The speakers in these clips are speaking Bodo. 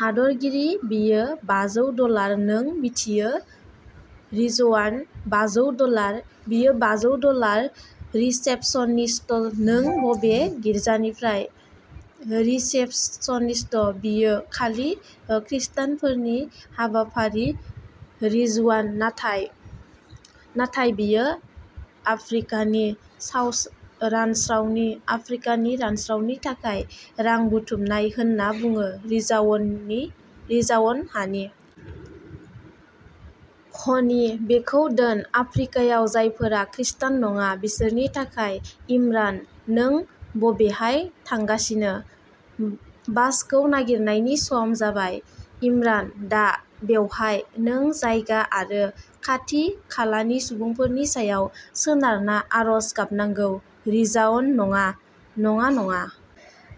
हादोरगिरि, बेयो बाजौ डलार, नों मिथियो। रिजवानः बाजौ डलार। बेयो बाजौ डलार। रिसेप्शनिस्टः नों बबे गिर्जानिफ्राय? रिसेप्शनिस्टः बेयो खालि खृष्टानफोरनि हाबाफारि। रिजवानः नाथाय... नाथाय बेयो आफ्रिकानि रानस्रावनि थाखाय रां बुथुमनाय होनना बुङो। रिजवानः हनि? हनि, बेखौ दोन। आफ्रिकायाव जायफोरा खृष्टान नङा बिसोरनि थाखाय। इमरानः नों बबेहाय थांगासिनो? बासखौ नागारनायनि सम जाबाय। इमरानः दा? बेवहाय? नों जायगा आरो खाथि-खालानि सुबुंफोरनि सायाव सोनारना आरज गाबनांगौ। रिजवानः नङा। नङा, नङा।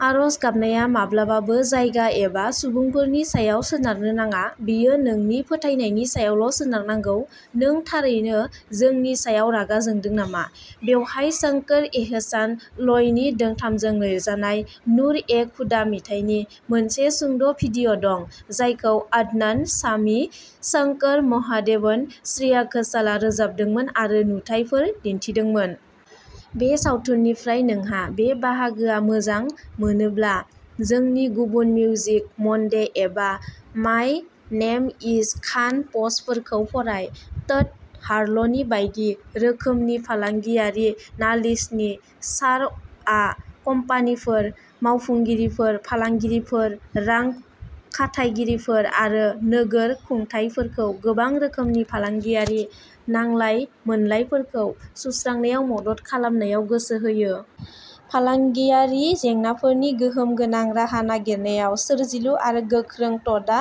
आरज गाबनाया माब्लाबाबो जायगा एबा सुबुंफोरनि सायाव सोनारनो नाङा। बेयो नोंनि फोथायनायनि सायावल'सोनारनांगौ। नों थारैनो जोंनि सायाव रागा जोंदों नामा? बेवहाय शंकर-एहसान-लयनि दोंथामजों लिरजानाय "नूर ए खुदा" मेथाइनि मोनसे सुंद'भिडिअ'दं, जायखौ अदनान सामी, शंकर महादेवन, श्रेया घोषालआ रोजाबदोंमोन आरो नुथायफोर दिन्थिदोंमोन। बे सावथुननिफ्राय। नोंहा बे बाहागोआ मोजां मोनोब्ला, जोंनि गुबुन मिउजिक मनडे एबा माय नेम इज खान प'स्टफोरखौ फराय। ट'ड हार्ल'नि बायदि रोखोमनि फालांगियारि नालिसनि सर'आ कम्पानिफोर, मावफुंगिरिफोर, फालांगियारिफोर, रां खाथायगिरिफोर आरो नोगोर खुंथायफोरखौ गोबां रोखोमनि फालांगियारि नांलाय-मोनलायफोरखौ सुस्रांनायाव मदद खालामनायाव गोसो होयो। फालांगियारि जेंनाफोरनि गोहोम गोनां राहा नागिरनायाव सोरजिलु आरो गोख्रों, ट'डआ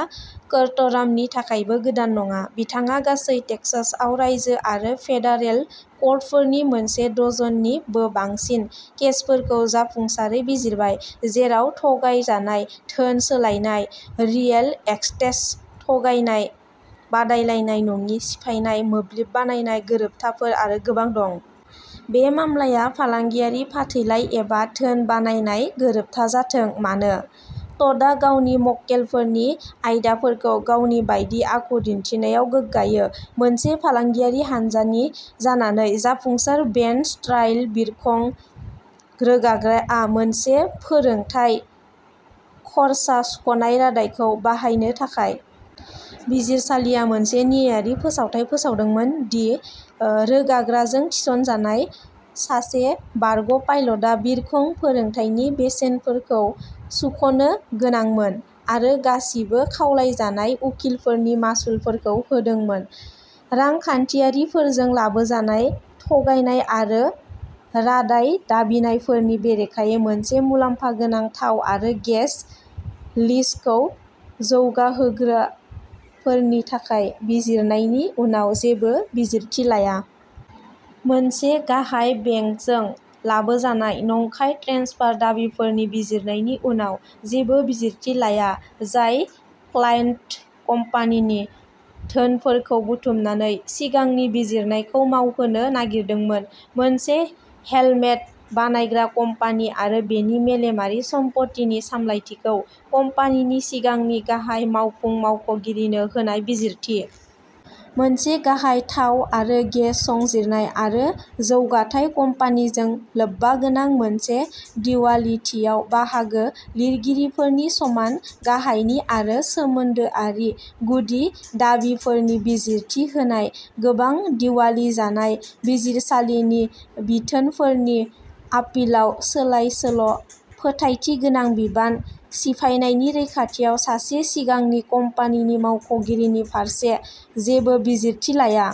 कोर्टरामनि थाखायबो गोदान नङा। बिथाङा गासै टेक्सासआव रायजो आरो फेडारेल कर्टफोराव मोनसे डजननिबो बांसिन केसफोरखौ जाफुंसारै बिजिरबाय, जेराव थगायजानाय धोन सोलायनाय, रियेल एस्टेट थगायनाय, बादायलायनाय नङि सिफायनाय, मोब्लिब बायनाय गोरोबथाफोर आरो गोबां दं। बे मामलाया फालांगियारि फाथैलाइ एबा धोन बायनाय गोरोबथा जाथों मानो, ट'डआ गावनि मक्केलफोरनि आयदाफोरखौ गावनि बायदि आखु दिन्थिनायाव गोग्गायो। मोनसे फालांगियारि हान्जानि जानानै जाफुंसार बेन्च ट्राइल। बिरखं रोगाग्राआ मोनसे फोरोंथाय खर्सा सुख'नाय रादायखौ बाहायनो थाखाय। बिजिरसालिया मोनसे न्यायारि फोसावथाय फोसावदोंमोन दि रोगाग्राजों थिसनजानाय सासे बारग'पाइलटआ बिरखं फोरोंथायनि बेसेनफोरखौ सुख'नो गोनांमोन, आरो गासिबो खावलायजानाय उखिलफोरनि मासुलफोरखौ होदोंमोन। रां खाथायगिरिफोरजों लाबोजानाय थगायनाय आरो रादाय दाबिनायफोरनि बेरेखायै मोनसे मुलाम्फा गोनां थाव आरो गेस लिजखौ जौगाहोग्राफोरनि थाखाय बिजिरनायनि उनाव जेबो बिजिरथि लाया। मोनसे गाहाय बेंकजों लाबोजानाय नंखाय ट्रेन्सफार दाबिफोरनि बिजिरनायनि उनाव जेबो बिजिरथि लाया, जाय क्लायन्ट कम्पानिनि धोनफोरखौ बुथुमनानै सिगांनि बिजिरनायखौ मावहोनो नागिरदोंमोन। मोनसे हेलमेट बानायग्रा कम्पानि आरो बेनि मेलेमारि सम्पथिनि सामलायथिखौ कम्पानिनि सिगांनि गाहाय मावफुं मावख'गिरिनो होनाय बिजिरथि। मोनसे गाहाय थाव आरो गेस संजिरनाय आरो जौगाथाय कम्पानिजों लोब्बागोनां मोनसे दिवालिथियाव बाहागो लागिरिफोरनि समान गाहायनि आरो सोमोन्दोआरि गुदि दाबिफोरनि बिजिरथि होनाय गोबां दिवालि जानाय बिजिरसालिनि बिथोनफोरनि आपिलाव सोलायसोल'। फोथायथि गोनां बिबान सिफायनायनि रैखाथियाव सासे सिगांनि कम्पानि मावख'गिरिनि फारसे जेबो बिजिरथि लाया।